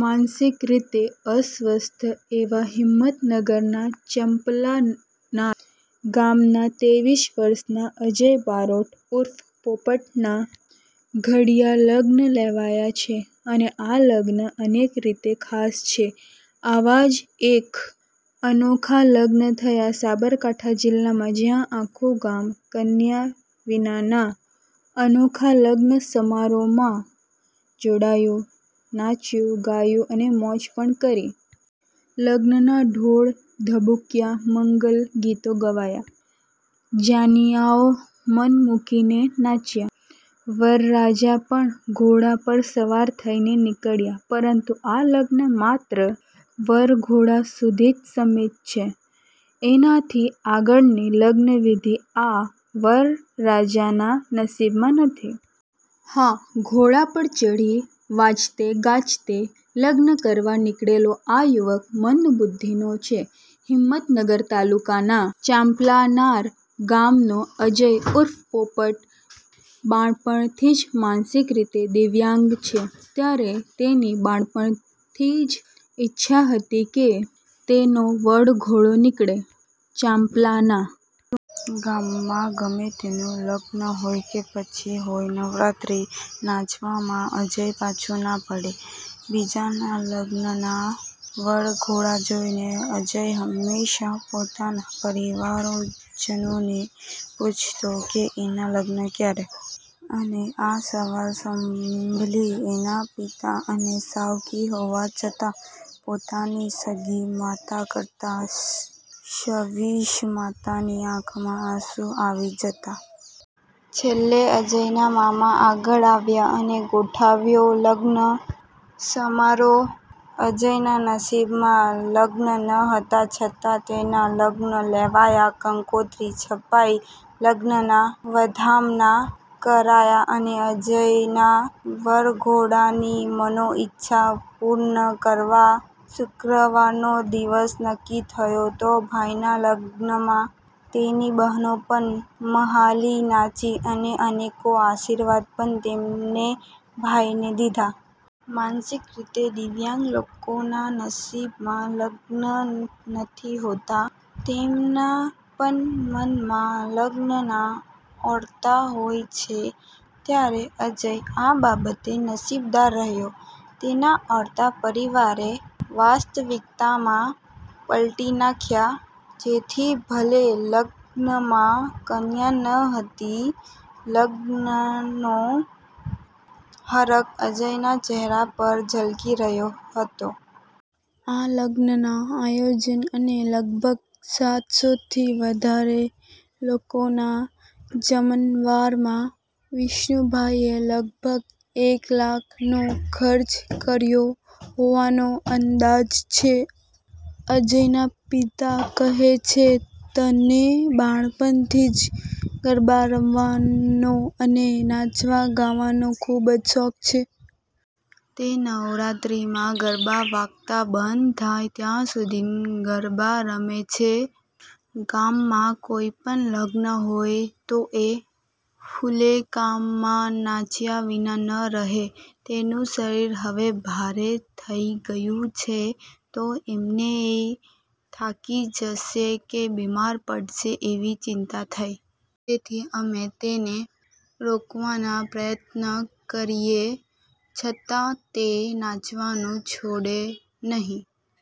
માનસિક રીતે અસ્વસ્થ એવા હિંમતનગરના ચાંપલાનાર ગામમાં તેવીસ વર્ષના અજય બારોટ ઉર્ફે પોપટનાં ઘડીયાં લગ્ન લેવાયાં છે અને આ લગ્ન અનેક રીતે ખાસ છે. આવા જ એક અનોખા લગ્ન થયા સાબરકાંઠા જીલ્લામાં. જ્યાં આખું ગામ કન્યા વિનાના અનોખા લગ્ન સમારોહમાં જોડાયું ,નાચ્યું ,ગાયું અને મોજ પણ કરી. લગ્નના ઢોલ ધબૂક્યા મંગલ ગીતો ગવાયા, જાનૈયાઓ મન મુકીને નાચ્યા. વરરાજા પણ ઘોડા પર સવાર થઈને નીકળ્યા પરંતુ આ લગ્ન માત્ર વરઘોડા સુધી જ સીમિત છે એનાથી આગળની લગ્ન વિધિ આ વરરાજાના નસીબમાં નથી. હા, ઘોડા પર ચડી વાજતે-ગાજતે લગ્ન કરવા નીકળેલો આ યુવાન મંદબુધ્ધીનો છે. હિમતનગર તાલુકાના ચાંપલાનાર ગામનો અજય ઉર્ફે પોપટ બાળપણથી જ માનસિક રીતે દિવ્યાંગ છે.ત્યારે તેની બાળપણથી જ ઈચ્છા હતી કે તેનો વરઘોડો નીકળે. ચાંપલાના ગામમાં ગમે તેનું લગ્ન હોય કે પછી હોય નવરાત્રી, નાચવામાં અજય પાછો ના પડે .બીજાના લગ્નના વરઘોડા જોઇને અજય હમેશા પોતાના પરિવારજનોને પૂછતો કે એના લગ્ન ક્યારે? અને આ સવાલ સાંભળી એના પિતા અને સાવકી હોવા છતાં પોતાની સગી માતા કરતા સવિશેષ માતાની આંખમાં આંસુ આવી જતા. છેલ્લે અજયના મામા આગળ આવ્યા અને ગોઠવાયો લગ્ન સમારોહ. અજયના નસીબમાં લગ્ન ન હતા છતાં તેના લગ્ન લેવાયા, કંકોત્રી છપાઈ ,લગ્નના વધામણા કરાયા અને અજયનાં વરઘોડાની મનોઈચ્છા પૂર્ણ કરવા શુક્રવારનો દિવસ નક્કી થયો તો ભાઈના લગ્નમાં તેની બહેનો પણ મ્હાલીનાચી અને અનેકો આશીર્વાદ પણ તેમણે ભાઈને દીધા. માનસિક રીતે દિવ્યાંગ લોકોના નસીબમાં લગ્ન નથી હોતા તેમના પણ મનમાં લગ્નનાં ઓરતા હોય છે ત્યારે અજય આ બાબતે નસીબદાર રહ્યો. તેના ઓરતા પરિવારે વાસ્તવિકતામાં પલટી નાખ્યા જેથી ભલે લગ્નમાં કન્યા ના હતી, લગ્નનો હરખ અજયના ચહેરા પર ઝળકી રહ્યો હતો. આ લગ્નનાં આયોજન અને લગભગ સાતસોથી વધારે લોકોના જમણવારમાં વિષ્ણુભાઇએ લગભગ એક લાખનો ખર્ચ કર્યો હોવાનો અંદાજ છે. અજયના પિતા કહે છે, 'તેને બાળપણથી જ ગરબા રમવાનો અને નાચવા-ગાવાનો ખૂબ જ શોખ છે. તે નવરાત્રિમાં ગરબા વાગતા બંધ થાય ત્યાં સુધી ગરબા રમે છે. ગામમાં કોઈ પણ લગ્ન હોય તો એ ફુલેકામાં નાચ્યા વિના ના રહે. તેનું શરીર હવે ભારે થઈ ગયું છે, તો અમને એ થાકી જશે કે બીમાર પડશે એવી ચિંતા થાય. તેથી અમે તેને રોકવાના પ્રયત્ન કરીએ છતાં તે નાચવાનું છોડે નહીં.'